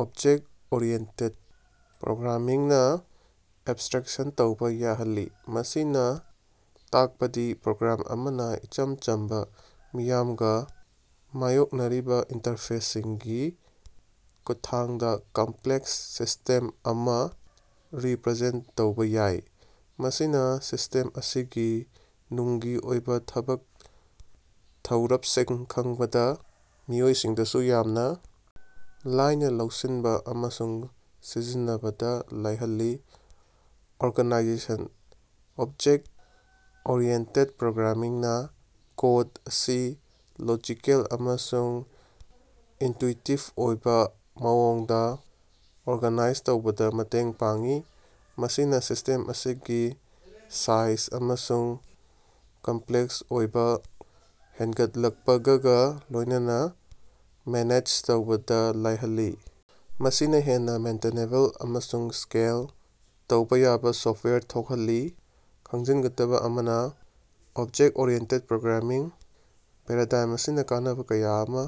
Object oriented programming ꯅ abstraction ꯇꯧꯕ ꯌꯥꯍꯜꯂꯤ, ꯃꯁꯤꯅ ꯇꯥꯛꯄꯗꯤ ꯄ꯭ꯔꯣꯒ꯭ꯔꯥꯃꯔ ꯑꯃꯅ ꯏꯆꯝ ꯆꯝꯕ, ꯃꯤꯌꯥꯝꯒ ꯃꯥꯌꯣꯛꯅꯔꯤꯕ ꯏꯟꯇꯔꯐꯦꯁꯁꯤꯡꯒꯤ ꯈꯨꯠꯊꯥꯡꯗ ꯀꯝꯄ꯭ꯂꯦꯛꯁ ꯁꯤꯁꯇꯦꯝ ꯑꯃ ꯔꯤꯄ꯭ꯔꯖꯦꯟꯇ ꯇꯧꯕ ꯌꯥꯏ꯫ ꯃꯁꯤꯅ ꯁꯤꯁ꯭ꯇꯦꯝ ꯑꯁꯤꯒꯤ ꯅꯨꯡꯒꯤ ꯑꯣꯏꯕ ꯊꯕꯛ ꯊꯧꯔꯞꯁꯤꯡ ꯈꯪꯗꯕ ꯃꯤꯑꯣꯏꯁꯤꯡꯗꯁꯨ ꯌꯥꯝꯅ ꯂꯥꯏꯅ ꯂꯧꯁꯤꯟꯕ ꯑꯃꯁꯨꯡ ꯁꯤꯖꯤꯟꯅꯕꯗ ꯂꯥꯏꯍꯜꯂꯤ꯫ ꯑꯣꯔꯒꯅꯥꯏꯖꯦꯁꯟ: ꯑꯣꯕꯖꯦꯛ ꯑꯣꯔꯤꯌꯦꯟꯇꯦꯗ ꯄ꯭ꯔꯣꯒ꯭ꯔꯥꯃꯤꯡ ꯅ ꯀꯣꯗ ꯑꯁꯤ ꯂꯣꯖꯤꯀꯦꯜ ꯑꯃꯁꯨꯡ ꯏꯟꯇ꯭ꯌꯨꯏꯇꯤꯕ ꯑꯣꯏꯕ ꯃꯑꯣꯡꯗ ꯑꯣꯔꯒꯅꯥꯏꯖ ꯇꯧꯕꯗ ꯃꯇꯦꯡ ꯄꯥꯡꯏ, ꯃꯁꯤꯅ ꯁꯤꯁ꯭ꯇꯦꯝ ꯑꯁꯤꯒꯤ ꯁꯥꯏꯖ ꯑꯃꯁꯨꯡ ꯀꯝꯄ꯭ꯂꯦꯛꯁ ꯑꯣꯏꯕ ꯍꯦꯟꯒꯠꯂꯛꯄꯒꯒ ꯂꯣꯏꯅꯅ ꯃꯦꯅꯦꯖ ꯇꯧꯕꯗ ꯂꯥꯏꯍꯜꯂꯤ꯫ ꯃꯁꯤꯅ ꯍꯦꯟꯅ ꯃꯦꯟꯇꯅꯦꯕꯜ ꯑꯃꯁꯨꯡ ꯁ꯭ꯀꯦꯜ ꯇꯧꯕ ꯌꯥꯕ ꯁꯣꯐꯇꯋꯥꯌꯔ ꯊꯣꯛꯍꯜꯂꯤ꯫ ꯈꯪꯖꯤꯟꯒꯗꯕ ꯑꯃꯅ, ꯑꯣꯕꯖꯦꯛꯇ-ꯑꯣꯔꯤꯑꯦꯟꯇꯦꯗ ꯄ꯭ꯔꯣꯒ꯭ꯔꯥꯃꯤꯡ ꯄꯦꯔꯥꯗꯥꯏꯝ ꯑꯁꯤꯅ ꯀꯥꯟꯅꯕ ꯀꯌꯥ ꯑꯃ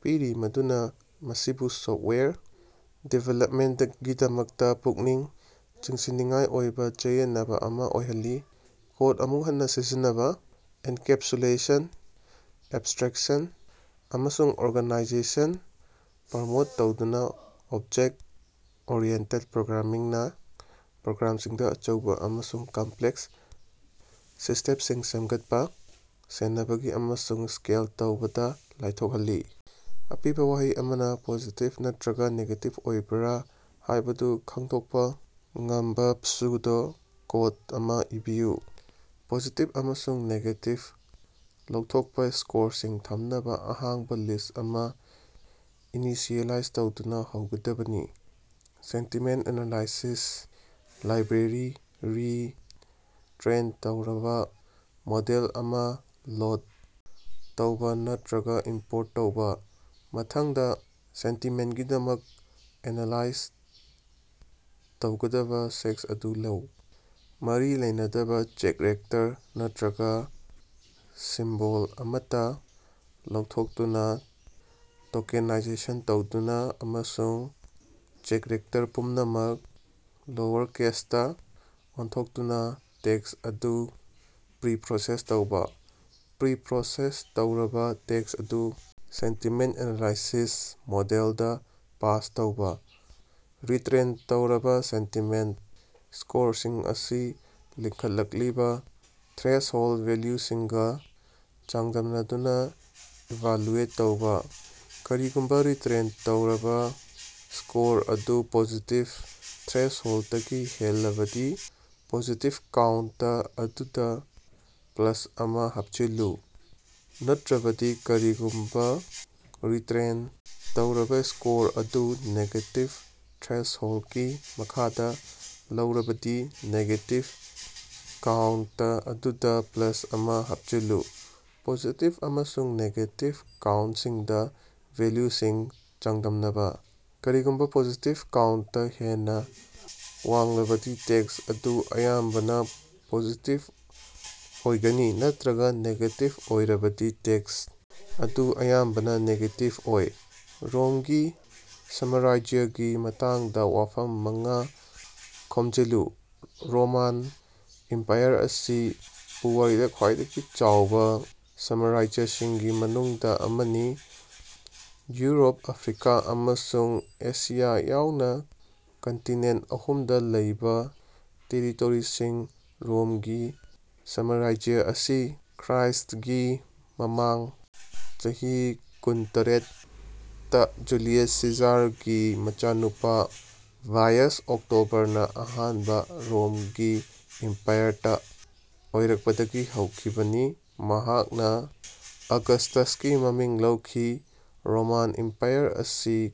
ꯄꯤꯔꯤ ꯃꯗꯨꯅ ꯃꯁꯤꯕꯨ ꯁꯣꯐꯇꯋꯥꯌꯔ ꯗꯤꯚꯦꯂꯞꯃꯦꯟꯇꯒꯤꯗꯃꯛꯇ ꯄꯨꯛꯅꯤꯡ ꯆꯤꯡꯁꯤꯟꯅꯤꯡꯉꯥꯏ ꯑꯣꯏꯕ ꯆꯌꯦꯠꯅꯕ ꯑꯃ ꯑꯣꯏꯍꯜꯂꯤ꯫ ꯀꯣꯗ ꯑꯃꯨꯛ ꯍꯟꯅ ꯁꯤꯖꯤꯟꯅꯕ, ꯑꯦꯟꯀꯦꯞꯁꯨꯂꯦꯁꯟ, ꯑꯦꯕꯁ꯭ꯇꯔꯦꯛꯁꯟ, ꯑꯃꯁꯨꯡ ꯑꯣꯔꯒꯅꯥꯏꯖꯦꯁꯟ ꯄ꯭ꯔꯃꯣꯠ ꯇꯧꯗꯨꯅ, ꯑꯣꯕꯖꯦꯛ ꯑꯣꯔꯤꯌꯦꯟꯇꯦꯗ ꯄ꯭ꯔꯣꯒ꯭ꯔꯥꯃꯤꯡ ꯅ ꯄ꯭ꯔꯣꯒ꯭ꯔꯥꯃꯔꯁꯤꯡꯗ ꯑꯆꯧꯕ ꯑꯃꯁꯨꯡ ꯀꯝꯄ꯭ꯂꯦꯛꯁ ꯁꯤꯁ꯭ꯇꯦꯞꯁꯤꯡ ꯁꯦꯝꯒꯠꯄ, ꯁꯦꯟꯅꯕꯒꯤ ꯑꯃꯁꯨꯡ ꯁ꯭ꯀꯦꯜ ꯇꯧꯕꯗ ꯂꯥꯏꯊꯣꯛꯍꯜꯂꯤ꯫। ꯑꯄꯤꯕ ꯋꯥꯍꯩ ꯑꯃꯅ ꯄꯣꯖꯤꯇꯤꯚ ꯅꯠꯇ꯭ꯔꯒ ꯅꯦꯒꯦꯇꯤꯚ ꯑꯣꯏꯕꯔ ꯍꯥꯏꯕꯗꯨ ꯈꯪꯗꯣꯛꯄ ꯉꯝꯕ ꯄ꯭ꯁꯨꯗꯣ-ꯀꯣꯗ ꯑꯃ ꯏꯕꯤꯌꯨ꯫ ꯄꯣꯖꯤꯇꯤꯚ ꯑꯃꯁꯨꯡ ꯅꯦꯒꯦꯇꯤꯚ ꯂꯧꯊꯣꯛꯄ ꯁ꯭ꯀꯣꯔꯁꯤꯡ ꯊꯝꯅꯕ ꯑꯍꯥꯡꯕ ꯂꯤꯁ꯭ꯠ ꯑꯃ ꯏꯅꯤꯁꯤꯑꯦꯂꯥꯏꯖ ꯇꯧꯗꯨꯅ ꯍꯧꯒꯗꯕꯅꯤ꯫ ꯁꯦꯟꯇꯤꯃꯦꯟꯇ ꯑꯦꯅꯂꯥꯏꯁꯤꯁ ꯂꯥꯏꯕ꯭ꯔꯦꯔꯤ ꯔꯤ-ꯇ꯭ꯔꯦꯟ ꯇꯧꯔꯕ ꯃꯣꯗꯦꯜ ꯑꯃ ꯂꯣꯗ ꯇꯧꯕ ꯅꯠꯇ꯭ꯔꯒ ꯏꯝꯄ꯭ꯣꯔꯠ ꯇꯧꯕ꯫ ꯃꯊꯪꯗ, ꯁꯦꯟꯇꯤꯃꯦꯟꯇꯀꯤꯗꯃꯛꯇ ꯑꯦꯅꯂꯥꯏꯖ ꯇꯧꯒꯗꯕ ꯇꯦꯛꯁ ꯑꯗꯨ ꯂꯧ꯫ ꯃꯔꯤ ꯂꯩꯅꯗꯕ ꯆꯦꯛꯔꯦꯛꯇꯔ ꯅꯠꯇ꯭ꯔꯒ ꯁꯤꯝꯕꯣꯜ ꯑꯃꯠꯇ ꯂꯧꯊꯣꯛꯇꯨꯅ, ꯇꯣꯀꯦꯅꯥꯏꯖꯦꯁꯟ ꯇꯧꯗꯨꯅ, ꯑꯃꯁꯨꯡ ꯆꯦꯛꯔꯦꯛꯇꯔ ꯄꯨꯝꯅꯃꯛ ꯂꯣꯋꯔꯀꯦꯁꯇ ꯑꯣꯟꯊꯣꯛꯇꯨꯅ ꯇꯦꯛꯁ ꯑꯗꯨ ꯄ꯭ꯔꯤꯄ꯭ꯔꯣꯁꯦꯁ ꯇꯧꯕ꯫ ꯄ꯭ꯔꯤꯄ꯭ꯔꯣꯁꯦꯁ ꯇꯧꯔꯕ ꯇꯦꯛꯁ ꯑꯗꯨ ꯁꯦꯟꯇꯤꯃꯦꯟꯇ ꯑꯦꯅꯂꯥꯏꯁꯤꯁ ꯃꯣꯗꯦꯜꯗ ꯄꯥꯁ ꯇꯧꯕ꯫ ꯔꯤꯇ꯭ꯔꯦꯟ ꯇꯧꯔꯕ ꯁꯦꯟꯇꯤꯃꯦꯟꯇ ꯁ꯭ꯀꯣꯔꯁꯤꯡ ꯑꯁꯤ ꯂꯤꯡꯈꯠꯂꯛꯂꯤꯕ ꯊ꯭ꯔꯦꯁꯍꯣꯜꯗ ꯚꯦꯂ꯭ꯌꯨꯁꯤꯡꯒ ꯆꯥꯡꯗꯝꯅꯗꯨꯅ ꯏꯚꯥꯂꯨꯑꯦꯠ ꯇꯧꯕ꯫ ꯀꯔꯤꯒꯨꯝꯕ ꯔꯤꯇ꯭ꯔꯦꯟ ꯇꯧꯔꯕ ꯁ꯭ꯀꯣꯔ ꯑꯗꯨ ꯄꯣꯖꯤꯇꯤꯚ ꯊ꯭ꯔꯦꯁꯍꯣꯜꯗꯇꯒꯤ ꯍꯦꯜꯂꯕꯗꯤ, ꯄꯣꯖꯤꯇꯤꯚ ꯀꯥꯎꯟꯇ ꯑꯗꯨꯗ ꯄ꯭ꯂꯁ ꯑꯃ ꯍꯥꯞꯆꯤꯜꯂꯨ꯫ ꯅꯠꯇ꯭ꯔꯕꯗꯤ, ꯀꯔꯤꯒꯨꯝꯕ ꯔꯤꯇ꯭ꯔꯦꯟ ꯇꯧꯔꯕ ꯁ꯭ꯀꯣꯔ ꯑꯗꯨ ꯅꯦꯒꯦꯇꯤꯚ ꯊ꯭ꯔꯦꯁꯍꯣꯜꯗꯀꯤ ꯃꯈꯥꯗ ꯂꯩꯔꯕꯗꯤ, ꯅꯦꯒꯦꯇꯤꯚ ꯀꯥꯎꯟꯇ ꯑꯗꯨꯗ ꯄ꯭ꯂꯁ ꯑꯃ ꯍꯥꯞꯆꯤꯜꯂꯨ꯫ ꯄꯣꯖꯤꯇꯤꯚ ꯑꯃꯁꯨꯡ ꯅꯦꯒꯦꯇꯤꯚ ꯀꯥꯎꯟꯇꯁꯤꯡꯗ ꯚꯦꯂ꯭ꯌꯨꯁꯤꯡ ꯆꯥꯡꯗꯝꯅꯕ꯫ ꯀꯔꯤꯒꯨꯝꯕ ꯄꯣꯖꯤꯇꯤꯚ ꯀꯥꯎꯟꯇ ꯍꯦꯟꯅ ꯋꯥꯡꯂꯕꯗꯤ ꯇꯦꯛꯁ ꯑꯗꯨ ꯑꯌꯥꯝꯕꯅ ꯄꯣꯖꯤꯇꯤꯚ ꯑꯣꯏꯒꯅꯤ ꯅꯠꯇ꯭ꯔꯒ ꯅꯦꯒꯦꯇꯤꯚ ꯑꯣꯏꯔꯕꯗꯤ ꯇꯦꯛꯁ ꯑꯗꯨ ꯑꯌꯥꯝꯕꯅ ꯅꯦꯒꯦꯇꯤꯚ ꯑꯣꯏ꯫ ꯔꯣꯝꯒꯤ ꯁꯥꯝꯔꯥꯖ꯭ꯌꯒꯤ ꯃꯇꯥꯡꯗ ꯋꯥꯐꯝ ꯃꯉꯥ ꯈꯣꯝꯖꯤꯜꯂꯨ꯫ ꯔꯣꯃꯥꯟ ꯏꯝꯄꯥꯌꯔ ꯑꯁꯤ ꯄꯨꯋꯥꯔꯤꯗ ꯈ꯭ꯋꯥꯏꯗꯒꯤ ꯆꯥꯎꯕ ꯁꯥꯝꯔꯥꯖ꯭ꯌꯁꯤꯡꯒꯤ ꯃꯅꯨꯡꯗ ꯑꯃꯅꯤ, ꯌꯨꯔꯣꯞ, ꯑꯐ꯭ꯔꯤꯀꯥ ꯑꯃꯁꯨꯡ ꯑꯦꯁꯤꯌꯥ ꯌꯥꯎꯅ ꯀꯟꯇꯤꯅꯦꯟꯇ ꯑꯍꯨꯝꯗ ꯂꯩꯕ ꯇꯦꯔꯤꯇꯣꯔꯤꯁꯤꯡ ꯔꯣꯝꯒꯤ ꯁꯥꯝꯔꯥꯖ꯭ꯌ ꯑꯁꯤ ꯈ꯭ꯔ꯭ꯏꯁ꯭ꯇꯒꯤ ꯃꯃꯥꯡ ꯆꯍꯤ ꯀꯨꯟꯇꯔꯦꯠ ꯇ ꯖꯨꯂꯤꯌꯁ ꯁꯤꯖꯥꯔꯒꯤ ꯃꯆꯥꯅꯨꯄꯥ ꯒꯥꯏꯌꯁ ꯑꯣꯛꯇꯣꯕꯔꯅ ꯑꯍꯥꯟꯕ ꯔꯣꯝꯒꯤ ꯏꯝꯄꯥꯔꯇꯔ ꯑꯣꯏꯔꯀꯄꯗꯒꯤ ꯍꯧꯈꯤꯕꯅꯤ, ꯃꯍꯥꯛꯅꯥ ꯑꯒꯁ꯭ꯇꯁꯀꯤ ꯃꯃꯤꯡ ꯂꯧꯈꯤ꯫ ꯔꯣꯃꯥꯟ ꯏꯝꯄꯥꯌꯔ ꯑꯁꯤ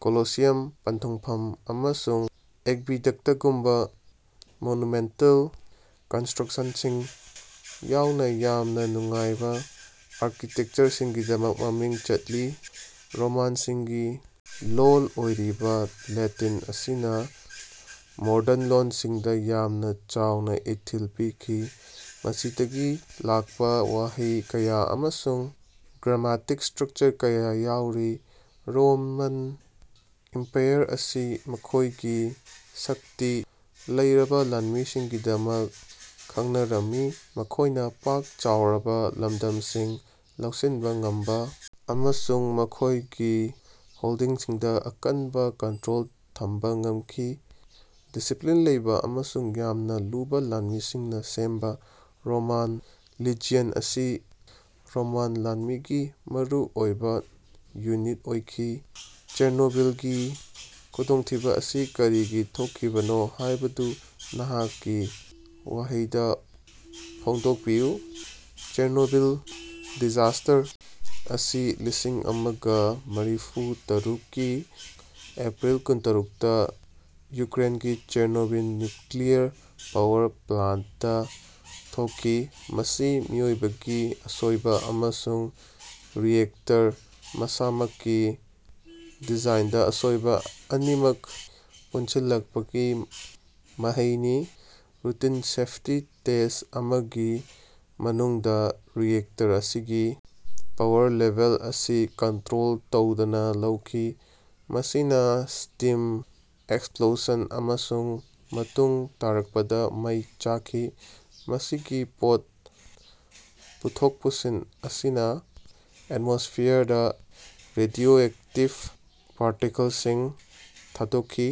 ꯀꯣꯂꯣꯁꯤꯌꯝ, ꯄꯟꯊꯨꯡꯐꯝ, ꯑꯃꯁꯨꯡ ꯑꯦꯛꯕꯤꯗꯛꯇꯒꯨꯝꯕ ꯃꯣꯅꯨꯃꯦꯟꯇꯜ ꯀꯟꯁꯇ꯭ꯔꯛꯁꯟꯁꯤꯡ ꯌꯥꯎꯅ ꯌꯥꯝꯅ ꯅꯨꯡꯉꯥꯏꯕ ꯑꯥꯔꯀꯤꯇꯦꯛꯆꯔꯒꯤꯗꯃꯛ ꯃꯃꯤꯡ ꯆꯠꯂꯤ꯫ ꯔꯣꯃꯥꯟꯁꯤꯡꯒꯤ ꯂꯣꯜ ꯑꯣꯏꯔꯤꯕ ꯂꯦꯇꯤꯟ ꯑꯁꯤꯅ ꯃꯣꯔꯗꯟ ꯂꯣꯟꯁꯤꯡꯗ ꯌꯥꯝꯅ ꯆꯥꯎꯅ ꯏꯊꯤꯜ ꯄꯤꯈꯤ, ꯃꯁꯤꯗꯒꯤ ꯂꯥꯛꯄ ꯋꯥꯍꯩ ꯀꯌꯥ ꯑꯃꯁꯨꯡ ꯒ꯭ꯔꯥꯃꯥꯔꯇꯤꯛ ꯁ꯭ꯇꯔꯛꯆꯔ ꯀꯌꯥ ꯌꯥꯎꯔꯤ꯫ ꯔꯣꯃꯥꯟ ꯏꯝꯄꯥꯌꯔ ꯑꯁꯤ ꯃꯈꯣꯏꯒꯤ ꯁꯛꯇꯤ ꯂꯩꯔꯕ ꯂꯥꯟꯃꯤꯁꯤꯡꯒꯤꯗꯃꯛ ꯈꯪꯅꯔꯝꯃꯤ, ꯃꯈꯣꯏꯅ ꯄꯥꯛ ꯆꯥꯎꯔꯕ ꯂꯝꯗꯝꯁꯤꯡ ꯂꯧꯁꯤꯟꯕ ꯉꯝꯕ ꯑꯃꯁꯨꯡ ꯃꯈꯣꯏꯒꯤ ꯍꯣꯜꯗꯤꯡꯁꯤꯡꯗ ꯑꯀꯟꯕ ꯀꯟꯇ꯭ꯔꯣꯜ ꯊꯝꯕ ꯉꯝꯈꯤ꯫ ꯗꯤꯁꯤꯄ꯭ꯂꯤꯟ ꯂꯩꯕ ꯑꯃꯁꯨꯡ ꯌꯥꯝꯅ ꯂꯨꯕ ꯂꯥꯟꯃꯤꯁꯤꯡꯅ ꯁꯦꯝꯕ ꯔꯣꯃꯥꯟ ꯂꯤꯖ꯭ꯌꯟ ꯑꯁꯤ ꯔꯣꯃꯥꯟ ꯂꯥꯟꯃꯤꯒꯤ ꯃꯔꯨꯑꯣꯏꯕ ꯌꯨꯅꯤꯠ ꯑꯣꯏꯈꯤ꯫ ꯆꯦꯔꯅꯣꯕꯤꯜꯒꯤ ꯈꯨꯗꯣꯡꯊꯤꯕ ꯑꯁꯤ ꯀꯔꯤꯒꯤ ꯊꯣꯛꯈꯤꯕꯅꯣ ꯍꯥꯏꯕꯗꯨ ꯅꯍꯥꯛꯀꯤ ꯋꯥꯍꯩꯗ ꯐꯣꯡꯗꯣꯛꯄꯤꯌꯨ꯫ ꯆꯦꯔꯅꯣꯕꯤꯜ ꯗꯤꯖꯥꯁꯇꯔ ꯑꯁꯤ ꯂꯤꯁꯤꯡ ꯑꯃꯒ ꯃꯔꯤꯐꯨ ꯇꯔꯨꯛ ꯀꯤ ꯑꯦꯄ꯭ꯔꯤꯜ ꯀꯨꯟꯇꯔꯨꯛ ꯇ ꯌꯨꯀ꯭ꯔꯦꯟꯒꯤ ꯆꯦꯔꯅꯣꯕꯤꯜ ꯅ꯭ꯌꯨꯀ꯭ꯂꯤꯌꯔ ꯄꯥꯋꯔ ꯄ꯭ꯂꯥꯟꯇꯇ ꯊꯣꯛꯈꯤ꯫ ꯃꯁꯤ ꯃꯤꯑꯣꯏꯕꯒꯤ ꯑꯁꯣꯏꯕ ꯑꯃꯁꯨꯡ ꯔꯤꯑꯦꯛꯇꯔ ꯃꯁꯥꯃꯛꯀꯤ ꯗꯤꯖꯥꯏꯟꯗ ꯑꯁꯣꯏꯕ ꯑꯅꯤꯃꯛ ꯄꯨꯟꯁꯤꯜꯂꯛꯄꯒꯤ ꯃꯍꯩꯅꯤ꯫ ꯔꯨꯇꯤꯟ ꯁꯦꯐꯇꯤ ꯇꯦꯁꯠ ꯑꯃꯒꯤ ꯃꯅꯨꯡꯗ ꯔꯤꯑꯦꯛꯇꯔ ꯑꯁꯤꯒꯤ ꯄꯥꯋꯔ ꯂꯦꯚꯦꯜ ꯑꯁꯤ ꯀꯟꯇ꯭ꯔꯣꯜ ꯇꯧꯗꯅ ꯂꯩꯈꯤ, ꯃꯁꯤꯅ ꯁ꯭ꯇꯤꯝ ꯑꯦꯛꯁꯞꯂꯣꯁꯟ ꯑꯃꯁꯨꯡ ꯃꯇꯨꯡ ꯇꯥꯔꯛꯄꯗ ꯃꯩ ꯆꯥꯛꯈꯤ꯫ ꯃꯁꯤꯒꯤ ꯄꯣꯠ ꯄꯨꯊꯣꯛ ꯄꯨꯁꯤꯟ ꯑꯁꯤꯅ ꯑꯦꯠꯃꯣꯁꯐ꯭ꯌꯔꯗ ꯔꯦꯗꯤꯑꯣꯑꯦꯛꯇꯤꯚ ꯄꯥꯔꯇꯤꯀꯜꯁꯤꯡ ꯊꯥꯗꯣꯛꯈꯤ꯫